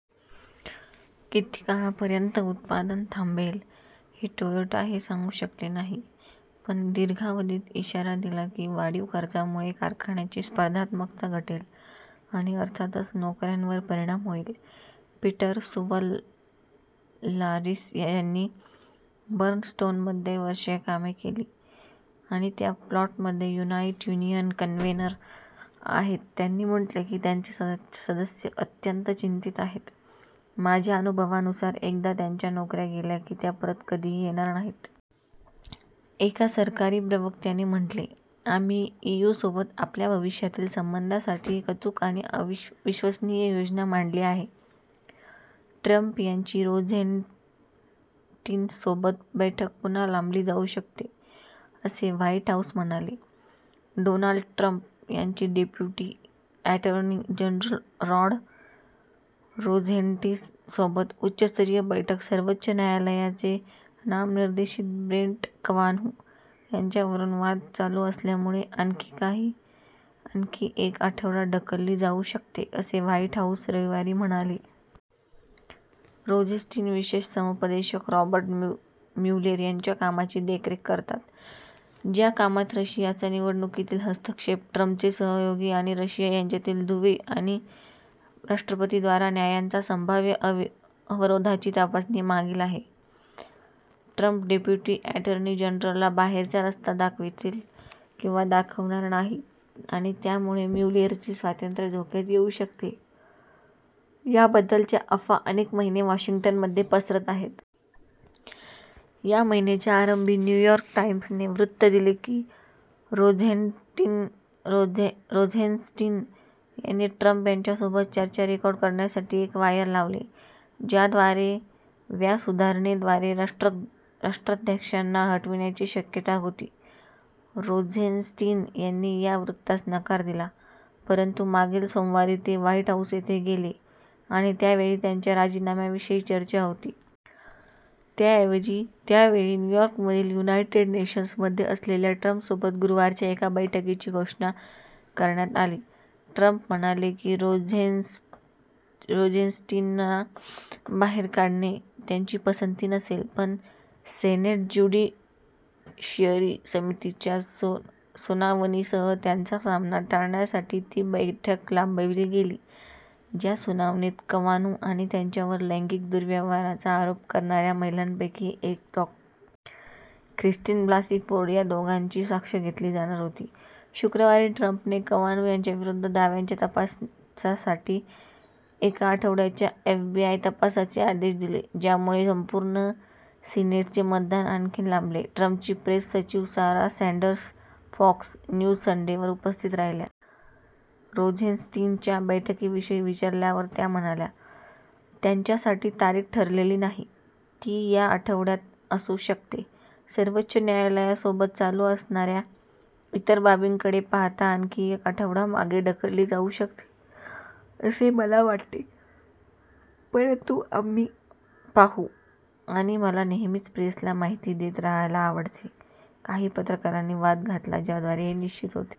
" किती काळापर्यंत उत्पादन थांबेल हे टोयोटा हे सांगू शकले नाही, पण दिर्घावधीत, इशारा दिला की वाढीव खर्चामुळे कारखान्याची स्पर्धात्मकता घटेल आणि अर्थातच नोकऱ्यांवर परिणाम होईल. पीटर सुव्हल्लारीस, ज्यांनी बर्नस्टोनमध्ये वर्षे काम केले आणि त्या प्लांटमध्ये युनाईट युनियन कन्वेनर आहेत, त्यांनी म्हटले की त्यांचे सदस्य अत्यंत चिंतीत आहेत: "माझ्या अनुभवानुसार एकदा त्यांच्या नोकऱ्या गेल्या की त्या परत कधीही येणार नाहीत. एका सरकारी प्रवक्त्याने म्हटले: "आम्ही ईयूसोबत आपल्या भविष्यातील संबंधांसाठी एक अचूक आणि विश्वसनीय योजना मांडली आहे. " ट्रम्प यांची रोझेन्स्टीनसोबत बैठक पुन्हा लांबली जाऊ शकते, असे व्हाईट हाऊस म्हणाले. डोनाल्ड ट्रम्प यांची डेप्युटी अॅटर्नी जनरल रॉड रोझेन्स्टीनसोबत उच्चस्तरीय बैठक सर्वोच्च न्यायालयाचे नामनिर्देशित ब्रेट कवानु यांच्यावरून वाद चालू असल्यामुळे "आणखी एक आठवडा ढकलली जाऊ शकते" असे व्हाईट हाऊस रविवारी म्हणाले. रोझेन्स्टीन विशेष समुपदेशक रॉबर्ट म्यूलेर यांच्या कामाची देखरेख करतात, ज्या कामात रशियाचा निवडणुकीतील हस्तक्षेप, ट्रम्पचे सहयोगी आणि रशिया यांच्यातील दुवे आणि राष्ट्रपतींद्वारा न्यायाच्या संभाव्य अवरोधाची तपासणी सामील आहे. ट्रम्प डेप्युटी अॅटर्नी जनरलना बाहेरचा रस्ता दाखवतील किंवा दाखविणार नाहीत, आणि त्यामुळे म्यूलेरचे स्वातंत्र्य धोक्यात येऊ शकते, याबद्दलच्या अफवा अनेक महिने वॉशिंग्टनमध्ये पसरत आहेत. या महिन्याच्या आरंभी, न्युयॉर्क टाइम्सने वृत्त दिले की रोझेन्स्टीन यांनी ट्रम्प यांच्यासोबत चर्चा रेकॉर्ड करण्यासाठी एक वायर लावले, ज्याद्वारे व्या सुधारणेद्वारे राष्ट्राध्यक्षांना हटविण्याची शक्यता होती. रोझेन्स्टीन यांनी या वृत्तास नकार दिला. परंतु मागील सोमवारी ते व्हाईट हाऊस येथे गेले आणि त्यावेळी त्यांच्या राजीनाम्याविषयी चर्चा होती. त्याऐवजी, त्यावेळी न्यूयॉर्कमधील युनायटेड नेशन्समध्ये असलेल्या ट्रम्पसोबत गुरुवारच्या एका बैठकीची घोषणा करण्यात आली. ट्रम्प म्हणाले की रोझेन्स्टीनना बाहेर काढणे त्यांची "पसंती नसेल", पण सेनेट ज्युडिशियरी समितीच्या सुनावणीसह त्याचा सामना टाळण्यासाठी ती बैठक लांबविली गेली, ज्या सुनावणीत कवानु आणि त्यांच्यावर लैंगिक दुर्व्यवहाराचा आरोप करणाऱ्या महिलांपैकी एक, डॉ. ख्रिस्टिन ब्लासी फोर्ड या दोघांची साक्ष घेतली जाणार होती. शुक्रवारी, ट्रम्पने कवानु यांच्याविरुद्ध दाव्यांच्या तपासासाठी एका आठवड्याच्या एफबीआय तपासाचे आदेश दिले, ज्यामुळे संपूर्ण सिनेटचे मतदान आणखी लांबले. ट्रम्पची प्रेस सचिव, सारा सँडर्स फॉक्स न्यूज संडेवर उपस्थित राहिल्या. रोझेन्स्टीनच्या बैठकीविषयी विचारल्यावर त्या म्हणाल्या: "त्याच्यासाठी तारीख ठरलेली नाही, ती या आठवड्यात असू शकते, सर्वोच्च न्यायालायासोबत चालू असणाऱ्या इतर बाबींकडे पाहता आणखी एक आठवडा मागे ढकलली जाऊ शकते असे मला वाटते. परंतु, आम्ही पाहू आणि मला नेहमीच प्रेसला माहिती देत रहायला आवडते. " काही पत्रकारांनी वाद घातला ज्याद्वारे हे निश्चित होते: